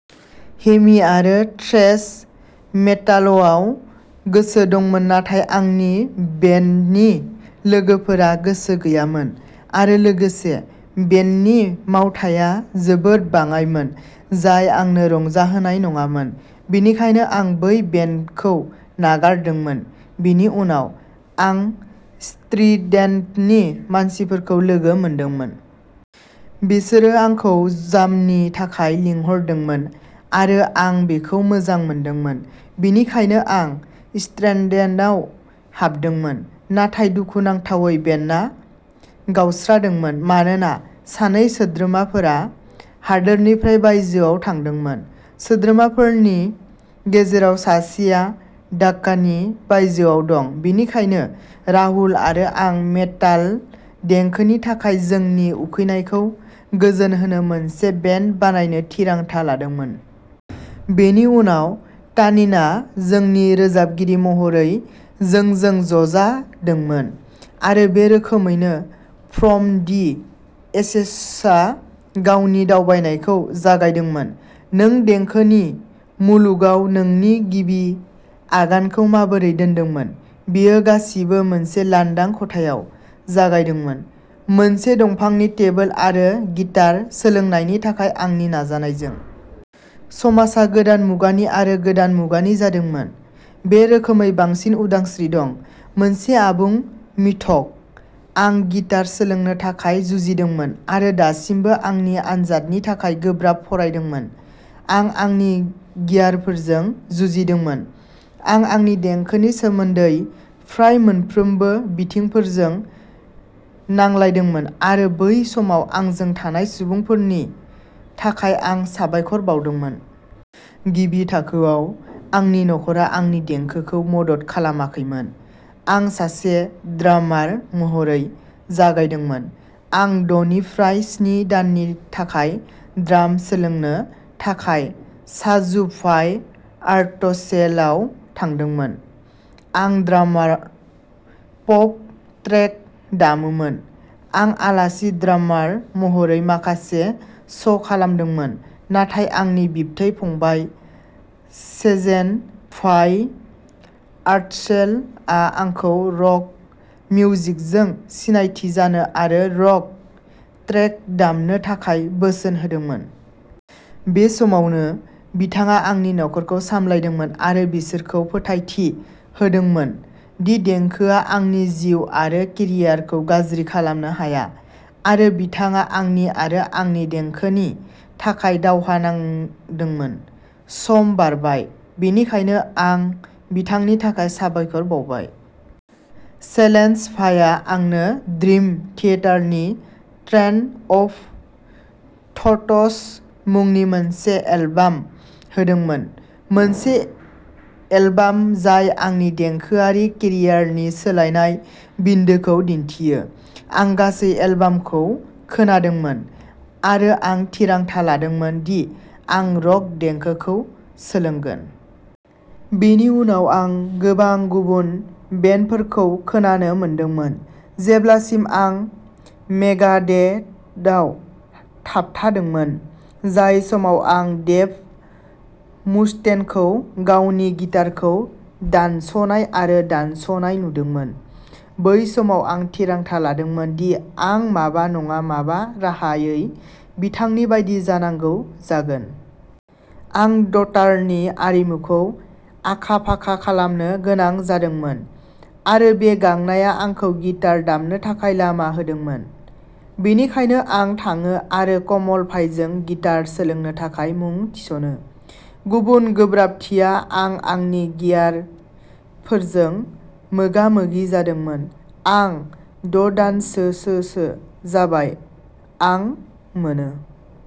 हेभि आरो थ्रेश मेटालआव गोसो दंमोन नाथाय आंनि बेन्डनि लोगोफोरा गोसो गैयामोन, आरो लोगोसे, बेन्डनि मावथाया जोबोद बाङाइमोन, जाय आंनो रंजाहोनाय नङामोन। बेनिखायनो, आं बै बेन्डखौ नागारदोंमोन। बेनि उनाव, आं स्ट्रिडेन्टनि मानसिफोरखौ लोगो मोनदोंमोन। बिसोरो आंखौ जामनि थाखाय लिंहरदोंमोन, आरो आं बेखौ मोजां मोनदोंमोन। बेनिखायनो, आं स्ट्रिडेन्टआव हाबदोंमोन, नाथाय दुखुनांथावै बेन्डआ गावस्रादोंमोन मानोना सानै सोद्रोमाफोरा हादोरनिफ्राय बायजोआव थांदोंमोन। सोद्रोमाफोरनि गेजेराव सासेआ ढाकानि बायजोआव दं। बेनिखायनो, राहुल आरो आं मेटाल देंखोनि थाखाय जोंनि उखैनायखौ गोजोनहोनो मोनसे बेन्ड बानायनो थिरांथा लादोंमोन। बेनि उनाव तानिनआ जोंनि रोजाबगिरि महरै जोंजों ज'जादोंमोन आरो बे रोखोमैनो फ्रम दि एशेसआ गावनि दावबायनायखौ जागायदोंमोन। नों देंखोनि मुलुगाव नोंनि गिबि आगानखौ माबोरै दोनदोंमोन? बेयो गासिबो मोनसे लांदां खथायाव जागायदोंमोन, मोनसे दंफांनि टेबोल आरो गिटार सोलोंनायनि थाखाय आंनि नाजानायजों। "समाजआ गोदान मुगानि आरो गोदान मुगानि जादोंमोन। बे रोखोमै बांसिन उदांस्रि दं ", मोनसे आबुं मिथक। आं गिटार सोलोंनो थाखाय जुजिदोंमोन आरो दासिमबो आंनि आनजादनि थाखाय गोब्राब फरायदोंमोन। आं आंनि गियारफोरजों जुजिदोंमोन। आं आंनि देंखोनि सोमोन्दै फ्राय मोनफ्रोमबो बिथिंफोरजों नांलायदोंमोन आरो बै समाव आंजों थानाय सुबुंफोरनि थाखाय आं साबायखर बावदोंमोन। गिबि थाखोआव, आंनि नखरा आंनि देंखोखौ मदद खालामाखैमोन। आं सासे ड्रामार महरै जागायदोंमोन। आं द'निफ्राय स्नि दाननि थाखाय ड्राम सोलोंनो थाखाय शाजु भाइ आर्टसेल आव थांदोंमोन। आं ड्रामाव पप ट्रेक दामोमोन। आं आलासि ड्रामार महरै माखासे श'खालामदोंमोन नाथाय आंनि बिबथै फंबाय, सेजेन भाई आर्टसेल आ आंखौ रक मिउजिकजों सिनायथि जानो आरो रक ट्रेक दामनो थाखाय बोसोन होदोंमोन। बे समावनो, बिथाङा आंनि नखरखौ सामलायदोंमोन आरो बिसोरखौ फोथायथि होदोंमोन दि देंखोआ आंनि जिउ आरो केरियारखौ गाज्रि खालामनो हाया आरो बिथाङा आंनि आरो आंनि देंखोनि थाखाय दावहा नांदोंमोन। सम बारबाय। बेनिखायनो, आं बिथांनि थाखाय साबायखर बावबाय। सेजेन भायआ आंनो ड्रिम थियेटारनि "ट्रेन अफ थट्स" मुंनि मोनसे एलबाम होदोंमोन-मोनसे एलबाम जाय आंनि देंखोआरि केरियारनि सोलायनाय बिन्दोखौ दिन्थियो। आं गासै एलबामखौ खोनादोंमोन आरो आं थिरांथा लादोंमोन दि आं रक देंखोखौ सोलोंगोन। बेनि उनाव आं गोबां गुबुन बेन्डफोरखौ खोनानो मोनदोंमोन जेब्लासिम आं मेगाडेथआव थाबथादोंमोन। जाय समाव आं डेभ मुस्टेनखौ गावनि गिटारखौ दानस'नाय आरो दानस'नाय नुदोंमोन, बै समाव आं थिरांथा लादोंमोन दि आं माबा नङा माबा राहायै बिथांनि बायदि जानांगौ जागोन। आं द'तारनि आरिमुखौ आखा-फाखा खालामनो गोनां जादोंमोन, आरो बे गांनाया आंखौ गिटार दामनो थाखाय लामा होदोंमोन। बेनिखायनो, आं थाङो आरो कमल भायजों गिटार सोलोंनो थाखाय मुं थिसनो। गुबुन गोब्राबथिया आं आंनि गियारफोरजों मोगा-मोगि जादोंमोन। आं द'दानसोसोसो जाबाय। आं मोनो।